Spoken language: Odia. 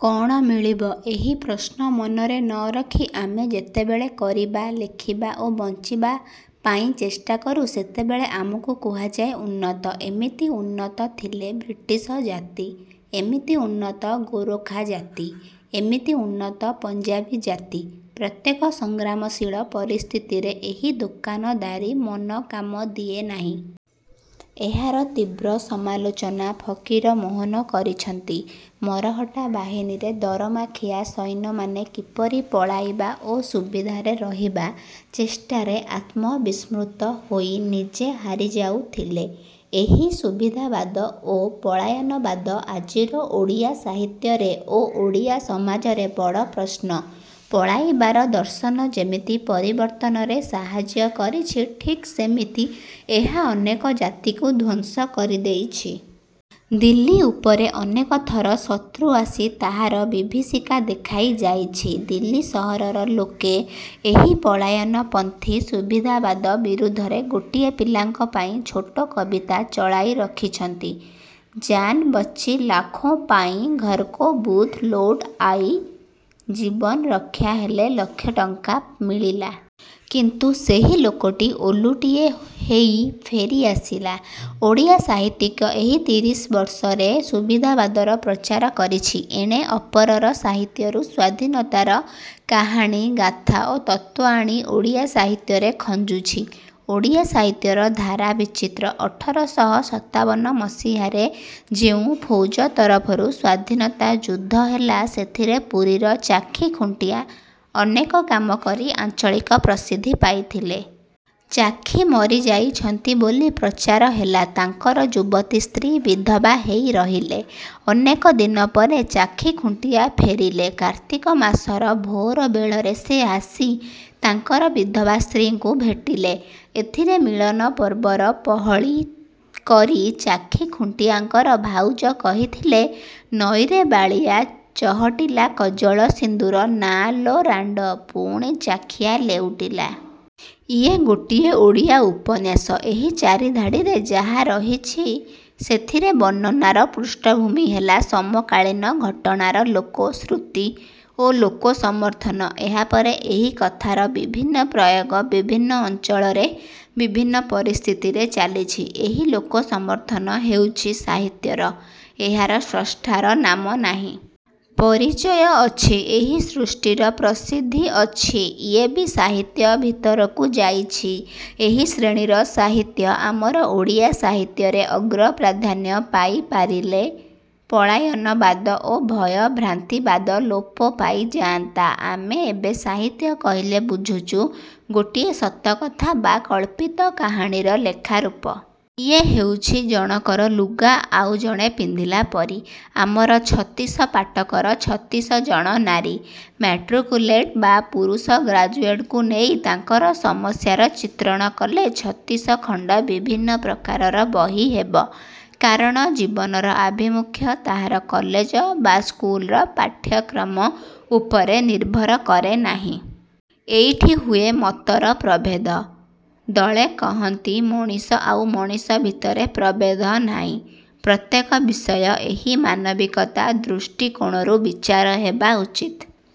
କ'ଣ ମିଳିବ? -ଏହି ପ୍ରଶ୍ନ ମନରେ ନ ରଖି ଆମେ ଯେତେବେଳେ କରିବା, ଲେଖିବା ଓ ବଞ୍ଚିବା ପାଇଁଚେଷ୍ଟା କରୁ ସେତେବେଳେ ଆମକୁ କୁହାଯାଏ ଉନ୍ନତ। ଏମିତି ଉନ୍ନତ ଥିଲେ ବ୍ରିଟିଶ ଜାତି। ଏମିତି ଉନ୍ନତ ଗୋରଖା ଜାତି। ଏମିତି ଉନ୍ନତ ପଞ୍ଜାବୀ ଜାତି। ପ୍ରତ୍ୟେକ ସଂଗ୍ରାମଶୀଳ ପରିସ୍ଥିତିରେ ଏହି ଦୋକାନଦାରୀ ମନ କାମ ଦିଏ ନାହିଁ। ଏହାର ତୀବ୍ର ସମାଲୋଚନା ଫକୀରମୋହନ କରିଛନ୍ତି। ମରହଟ୍ଟା ବାହିନୀରେ ଦରମାଖିଆ ସୈନ୍ୟମାନେ କିପରି ପଳାଇବା ଓ ସୁବିଧାରେ ରହିବା ଚେଷ୍ଟାରେ ଆତ୍ମବିସ୍ମୃତ ହୋଇ ନିଜେ ହାରି ଯାଉଥିଲେ। ଏହି ସୁବିଧାବାଦ ଓ ପଳାୟନବାଦ ଆଜିର ଓଡ଼ିଆ ସାହିତ୍ୟରେ ଓ ଓଡ଼ିଆ ସମାଜରେ ବଡ଼ ପ୍ରଶ୍ନ। ପଳାଇବାର ଦର୍ଶନ ଯେମିତି ପରିବର୍ତ୍ତନରେ ସାହାଯ୍ୟ କରିଛି ଠିକ୍ ସେମିତି ଏହା ଅନେକ ଜାତିକୁ ଧ୍ୱଂସ କରି ଦେଇଛି। ଦିଲ୍ଲୀ ଉପରେ ଅନେକଥର ଶତ୍ରୁ ଆସି ତାହାର ବିଭୀଷିକା ଦେଖାଇ ଯାଇଛି। ଦିଲ୍ଲୀ ସହରର ଲୋକେ ଏହି ପଳାୟନପନ୍ଥୀ ସୁବିଧାବାଦ ବିରୁଦ୍ଧରେ ଗୋଟିଏ ପିଲାଙ୍କ ପାଇଁ ଛୋଟ କବିତା ଚଳାଇ ରଖିଛନ୍ତି- ଜାନ୍ ବଚ୍ଚି ଲାଖୋ ପାଇ ଘରକୋ ବୁଦ୍ଧୁ ଲୌଟ୍ ଆଇ। ଜୀବନ ରକ୍ଷା ହେଲେ ଲକ୍ଷେ ଟଙ୍କା ମିଳିଲା। କିନ୍ତୁ ସେହି ଲୋକଟି ଓଲୁଟିଏ ହେଇ ଫେରି ଆସିଲା। ଓଡ଼ିଆ ସାହିତ୍ୟିକ ଏହି ତିରିଶିବର୍ଷରେ ସୁବିଧାବାଦର ପ୍ରଚାର କରିଛି। ଏଣେ ଅପରର ସାହିତ୍ୟରୁ ସ୍ୱାଧୀନତାର କାହାଣୀ, ଗାଥା ଓ ତତ୍ତ୍ୱ ଆଣି ଓଡ଼ିଆ ସାହିତ୍ୟରେ ଖଞ୍ଜୁଛି। ଓଡ଼ିଆ ସାହିତ୍ୟର ଧାରା ବିଚିତ୍ର। ଅଠରଶହ ସତାବନ ମସିହାରେ ଯେଉଁ ଫୌଜ ତରଫରୁ ସ୍ୱାଧୀନତା ଯୁଦ୍ଧ ହେଲା ସେଥିରେ ପୁରୀର ଚାଖି ଖୁଣ୍ଟିଆ ଅନେକ କାମ କରି ଆଞ୍ଚଳିକ ପ୍ରସିଦ୍ଧି ପାଇଥିଲେ। ଚାଖି ମରିଯାଇଛନ୍ତି ବୋଲି ପ୍ରଚାର ହେଲା। ତାଙ୍କର ଯୁବତୀ ସ୍ତ୍ରୀ ବିଧବା ହେଇ ରହିଲେ। ଅନେକ ଦିନ ପରେ ଚାଖିଖୁଣ୍ଟିଆ ଫେରିଲେ। କାର୍ତ୍ତିକ ମାସର ଭୋର ବେଳରେ ସେ ଆସି ତାଙ୍କର ବିଧବା ସ୍ତ୍ରୀଙ୍କୁ ଭେଟିଲେ। ଏଥିରେ ମିଳନ ପର୍ବର ପହଳି କରି ଚାଖିଖୁଣ୍ଟି ଆଙ୍କର ଭାଉଜ କହିଥିଲେ- ନଈରେ ବାଳିଆ ଚହଟିଲା କଜଳ ସିନ୍ଦୂର ନାଆ ଲୋ ରାଣ୍ତ ପୁଣି ଚାଖିଆ ଲେଉଟିଲା। ଇଏ ଗୋଟିଏ ଓଡ଼ିଆ ଉପନ୍ୟାସ। ଏହି ଚାରିଧାଡ଼ିରେ ଯାହା ରହିଛି ସେଥିରେ ବର୍ଣ୍ଣନାର ପୃଷ୍ଠଭୂମି ହେଲା ସମକାଳୀନ ଘଟଣାର ଲୋକ-ଶୃତି ଓ ଲୋକ-ସମର୍ଥନ। ଏହାପରେ ଏହି କଥାର ବିଭିନ୍ନ ପ୍ରୟୋଗ ବିଭିନ୍ନ ଅଞ୍ଚଳରେ ବିଭିନ୍ନ ପରିସ୍ଥିତିରେ ଚାଲିଛି। ଏହି ଲୋକ-ସମର୍ଥନ ହେଉଛି ସାହିତ୍ୟର। ଏହାର ସ୍ରଷ୍ଟାର ନାମ ନାହିଁ। ପରିଚୟ ଅଛି। ଏହି ସୃଷ୍ଟିର ପ୍ରସିଦ୍ଧି ଅଛି। ଇଏ ବି ସାହିତ୍ୟ ଭିତରକୁ ଯାଇଛି। ଏହି ଶ୍ରେଣୀର ସାହିତ୍ୟ ଆମର ଓଡ଼ିଆ ସାହିତ୍ୟରେ ଅଗ୍ରପ୍ରାଧାନ୍ୟ ପାଇ ପାରିଲେ ପଳାୟନବାଦ ଓ ଭୟ-ଭ୍ରାନ୍ତିବାଦ ଲୋପ ପାଇଯାନ୍ତା। ଆମେ ଏବେ ସାହିତ୍ୟ କହିଲେ ବୁଝୁଛୁ ଗୋଟିଏ ସତକଥା ବା କଳ୍ପିତ କାହାଣୀର ଲେଖାରୂପ। ଇଏ ହେଉଛି ଜଣକର ଲୁଗା ଆଉ ଜଣେ ପିନ୍ଧିଲା ପରି। ଆମର ଛତିଶ ପାଟକର ଛତିଶଜଣ ନାରୀ ମାଟ୍ରିକୁଲେଟ୍ ବା ପୁରୁଷ ଗ୍ରାଜୁଏଟଙ୍କୁ ନେଇ ତାଙ୍କର ସମସ୍ୟାର ଚିତ୍ରଣ କଲେ ଛତିଶଖଣ୍ତ ବିଭିନ୍ନ ପ୍ରକାରର ବହି ହେବ। କାରଣ ଜୀବନର ଆଭିମୁଖ୍ୟ ତାହାର କଲେଜ ବା ସ୍କୁଲର ପାଠ୍ୟକ୍ରମ ଉପରେ ନିର୍ଭର କରେ ନାହିଁ। ଏଇଠି ହୁଏ ମତର ପ୍ରଭେଦ।। ଦଳେ କହନ୍ତି ମଣିଷ ଆଉ ମଣିଷ ଭିତରେ ପ୍ରଭେଦ ନାହିଁ। ପ୍ରତ୍ୟେକ ବିଷୟ ଏହି ମାନବିକତା ଦୃଷ୍ଟି କୋଣରୁ ବିଚାର ହେବା ଉଚିତ୍।